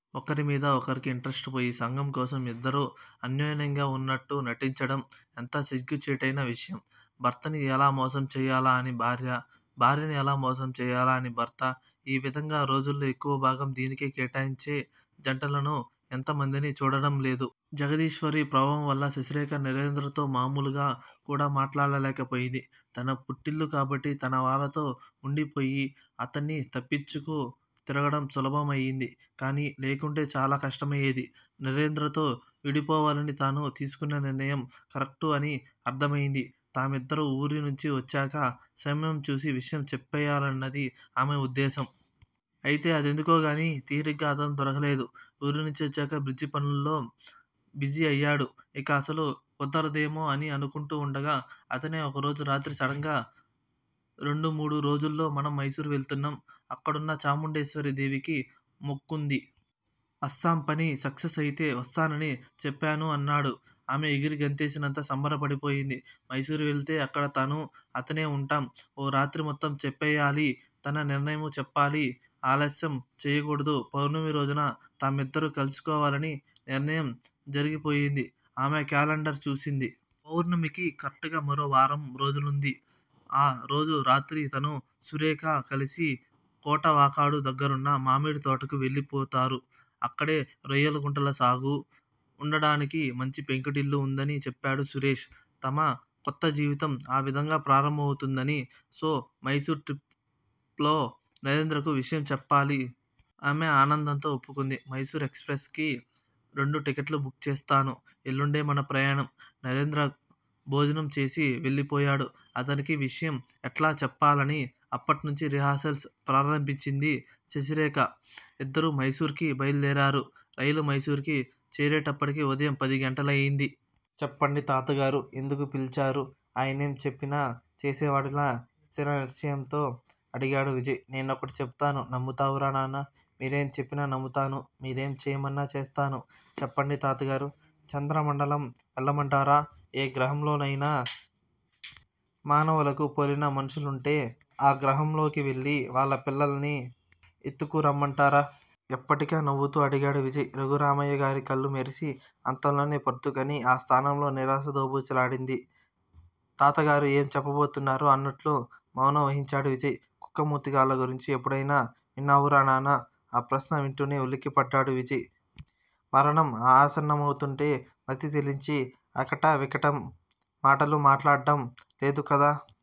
ఒకరి మీద ఒకరికి ఇంట్రెస్టుపోయి సంఘం కోసం యిద్దరూ అన్యోన్యంగా వున్నట్టూ నటించడం ఎంత సిగ్గుచేటయిన విషయం? భర్తని ఎలా మోసం చేయాలా అని భార్య. భార్యని ఎలా మోసం చేయాలా అని భర్త ఈ విధంగా రోజులో ఎక్కువ భాగం దీనికే కేటాయించే జంటలను ఎంత మందిని చూడటంలేదు? జగదీశ్వరి ప్రభావంవల్ల శశిరేఖ నరేంద్రతో మామూలుగా కూడా మాట్లాడలేకపోయింది. తన పుట్టిల్లు కాబట్టి తనవాళ్ళతో వుండిపోయి అతన్ని తప్పించుకు తిరగడం సులభం అయ్యింది గానీ లేకుంటే చాలా కష్టమయ్యేది. నరేంద్రతో విడిపోవాలని తాను తీసుకున్న నిర్ణయం కరెక్టు అని అర్దమైంది. తామిద్దరూ ఊరినుంచి వచ్చాక సమయం చూసి విషయం చెప్పేయ్యాలన్నది అమె ఉద్దేశ్యం. అయితే ఆదెందుకోగాని, తీరిగ్గా అతను దొరకడం లేదు. ఊరినుంచి వచ్చాక బ్రిడ్జి పనులలో బిజీ అయ్యాడు. ఇక అసలు కుదురదేమో అని అనుకుంటూ వుండగా అతనే ఓరోజు రాత్రి సడన్ గా రెండు మూడు రోజుల్లో మనం మైసూర్ వెళుతున్నాం. అక్కడున్న చాముండేశ్వరి దేవికి మొక్కుంది. అస్సాం పని సక్కెస్ అయితే వస్తానని చెప్పాను అన్నాడు. అమె ఎగిరిగంతేసినంత సంబరపడిపోయింది. మైసూర్ వెళితే అక్కడ తను, అతనే వుంటాం. ఓ రాత్రి మొత్తం చెప్పేయాలి. తన నిర్ణయము చెప్పేయాలి. అలస్యం చేయకూడదు. పౌర్ణమి రోజున తామిద్దరూ కలుసుకోవాలని నిర్ణయం జరిగిపోయింది. అమె క్యాలండర్ చూసింది. పౌర్ణమికి కరెక్టుగా మరో వారం రోజులుంది. ఆ రోజు రాత్రి తనూ, సురేషూ కలిసి కోటావాకాడు దగ్గరున్న మామిడితోటకు వెళ్ళిపోతారు. అక్కడే రొయ్యల గుంటల సాగు. వుండడానికి మంచి పెంకుటిల్లు వుందని చెప్పాడు సురేష్. తమ కొత్త జీవితం ఆ విధంగా ప్రారంభమవుతుంది. సో-మైసూర్ ట్రిప్ లో నరేంద్రకి విషయం చెప్పాలి. అమె ఆనందంతో ఒప్పుకుంది. మైసూర్ ఎక్స్ ప్రెస్ కి రెండు టికెట్లు బుక్ చేస్తాను. ఎల్లుండే మన ప్రయాణం. నరేంద్ర భోజనం చేసి వెళ్ళిపోయాడు. అతనికి విషయం ఎట్లా చెప్పాలని అప్పట్నుంచే రిహార్సల్స్ ప్రారంబించింది శశిరేఖ. ఇద్దరూ మైసూర్ కి బయలుదేరారు. రైలు మైసూరుకి చేరేటప్పటికి ఉదయం పదిగంటలయింది. చెప్పండి తాతగారూ ఎందుకు పిలిచారు.? ఆయనేం చెప్పినా చేసేవాడిలా వినయంగా స్థిర నిశ్చయంతో అడిగాడు విజయ్. నేనొకటి చెపుతాను నమ్ముతావురా నాన్నా! మీరేంచెప్పినా నమ్ముతాను మీరేం చేయమన్నా చేస్తాను. చెప్పండి తాతగారూ! చంద్రమండలం వెళ్ళమంటారా! ఏగ్రహం లోనయినా మానవులకి పోలిన మనుషులంటే ఆ గ్రహంలోకి వెళ్ళి వాళ్ళపిల్లని ఎత్తుకు రమ్మంటారా? ఎప్పటికా నవ్వుతూ అడిగాడు విజయ్. రఘురామయ్యగారి కళ్ళు మెరిసి అంతలోనే పర్దుకని ఆ స్థానంలో నిరాశ దోబూచులాడింది. తాతగారు ఎం చెప్పాబోతున్నారో అన్నట్లు మౌనం వహించాడు విజయ్. కుక్క మూతిగాళ్ళ గురించి ఎప్పుడైయిన విన్నావురానాన్నా! ఆ ప్రశ్న వింటూనే వులుక్కి పడ్డాడు విజయ్ మరణం ఆసన్న మౌతుంటే మతి చెలించి అకటా వికటం మాటలు మాట్లాడటం లేదుకదా!